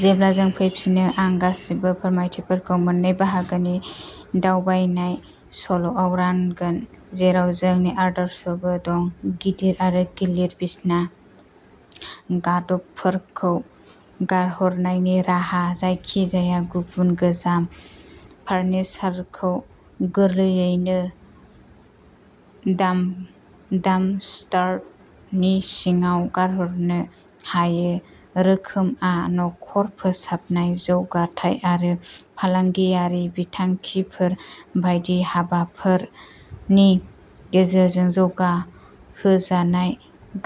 जेब्ला जों फैफिनो, आं गासिबो फोरमायथिफोरखौ मोननै बाहागोनि दावबायनाय सल'आव रानगोन, जेराव जोंनि आदर्शबो दं। गिदिर आरो गिलिर बिसना गादबफोरखौ गारहरनायनि राहा। जायखिजाया गुबुन गोजाम फार्निचारखौ गोरलैयैनो डाम्पस्टारनि सिङाव गारहरनो हायो। रोखोमआ न'खर फोसाबनाय, जौगाथाय आरो फालांगियारि बिथांखिफोर बायदि हाबाफोरनि गेजेरजों जौगाहोजानाय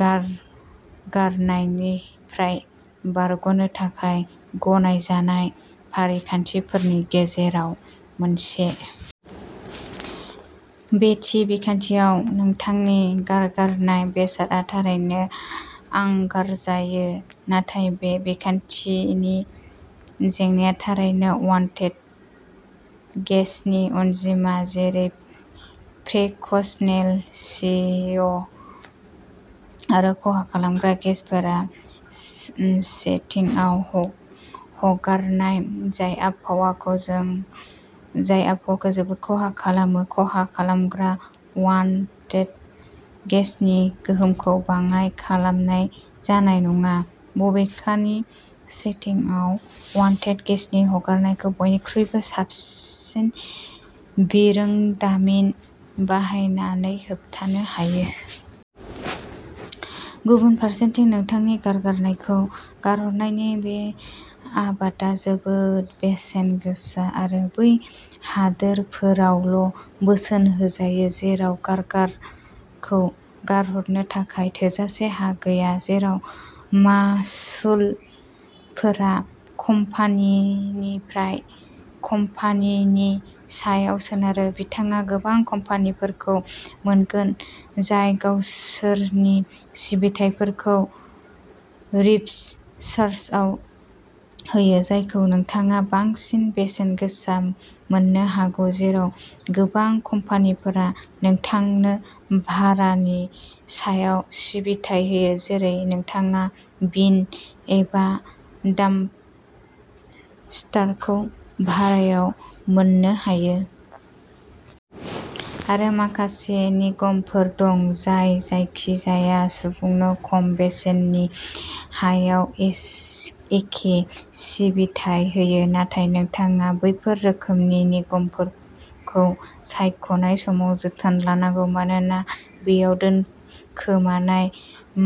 गारगारनायनिफ्राय बारग'नो थाखाय गनायजानाय फारिखान्थिफोरनि गेजेराव मोनसे। बे थि बिखान्थियाव नोंथांनि गारगारनाय बेसादआ थारैनो हांगार जायो, नाथाय बे बिखान्थिनि जेंनाआ थारैनो अनवान्टेड गेसनि अनजिमा जेरै फ्रेक्सनेल सिअ' आरो खहा खालामग्रा गेसाफोरखौ सेटिंआव हगारनाय जाय आबहावाखौ जोबोद खहा खालामो। खहा खालामग्रा अनवान्टेड गेसनि गोहोमखौ बाङाय खालामनाय जानाय नङा, बबेखानि सेटिंआव अनवान्टेड गेसनि हगारनायखौ बयनिख्रुइबो साबसिन बिरोंदामिन बाहायनानै होबथानो हायो। गुबुन फारसेथिं नोंथांनि गारगारनायखौ गारहरनायनि बे आदबा जोबोद बेसेन गोसा आरो बै हादोरफोरावल'बोसोन होजायो जेराव गारगारखौ गारहरनो थाखाय थोजासे हा गैया। जेराव मासुलफोरा कम्पानिनिफ्राय कम्पानिनि सायाव सोनारो। नोंथाङा गोबां कम्पानिफोरखौ मोनगोन जाय गावसोरनि सिबिथाइफोरखौ रिप्ड चार्जआव होयो, जायखौ नोंथाङा बांसिन बेसेन गोसा मोननो हागौ, जेराव गोबां कम्पानिफोरा नोंथांनो भारानि सायाव सिबिथाइ होयो, जेरै नोंथाङा बिन एबा डाम्पस्टारखौ भारायाव मोननो हायो। आरो माखासे निगमफोर दं, जाय जायखिजाया सुबुंनो खम बेसेननि हाराव एखे सिबिथाइ होयो, नाथाय नोंथाङा बेफोर रोखोमनि निगमफोरखौ सायख'नाय समाव जोथोन लानांगौ मानोना बेयाव दोनखोमानाय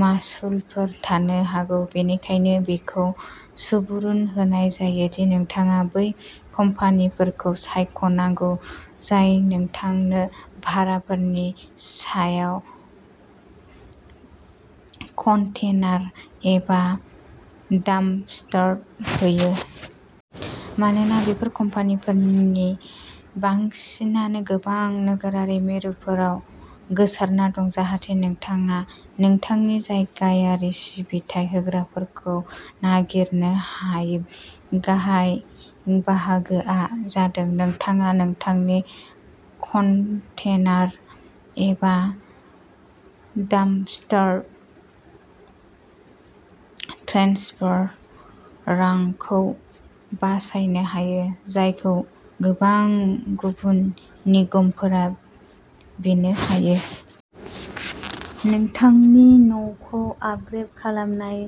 मासुलफोर थानो हागौ। बेनिखायनो बेखौ सुबुरुन होनाय जायो दि नोंथाङा बै कम्पानिफोरखौ सायख'नांगौ जाय नोंथांनो भाराफोरनि सायाव कन्टेनार एबा डाम्पस्टार होयो। मानोना बेफोर कम्पानिफोरनि बांसिनानो गोबां नोगोरारि मिरुफोराव गोसारना दं, जाहाथे नोंथाङा नोंथांनि जायगायारि सिबिथाइ होग्राफोरखौ नागिरनो हायो। गाहाय बाहागोआ जादों नोंथाङा नोंथांनि कन्टेनार एबा डाम्पस्टार ट्रेन्सफार रांखौ बासायनो हायो, जायखौ गोबां गुबुन निगमफोरा बिनो हायो। नोंथांनि न'खौ आपग्रेद खालामनाय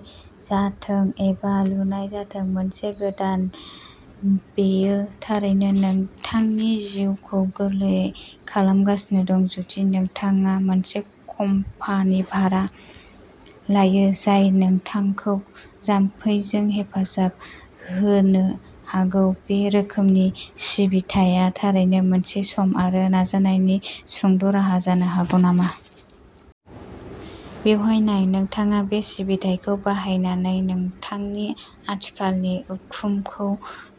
जाथों एबा लुनाय जाथों। मोनसे गोदान, बेयो थारैनो नोंथांनि जिउखौ गोरलै खालामगासिनो दं, जुदि नोंथाङा मोनसे कम्पानि भारा लायो, जाय नोंथांखौ जामफैजों हेफाजाब होनो हागौ। बे रोखोमनि सिबिथाया थारैनो मोनसे सम आरो नाजानायनि सुंद'राहा जानो हागौ नामा? बेवहाय नाय। नोंथाङा बे सिबिथाइखौ बाहायनानै नोंथांनि आथिखालनि उखुमखौ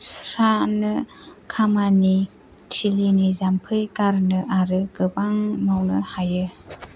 सुस्रानो, खामानि थिलिनि जामफै गारनो आरो गोबां मावनो हायो।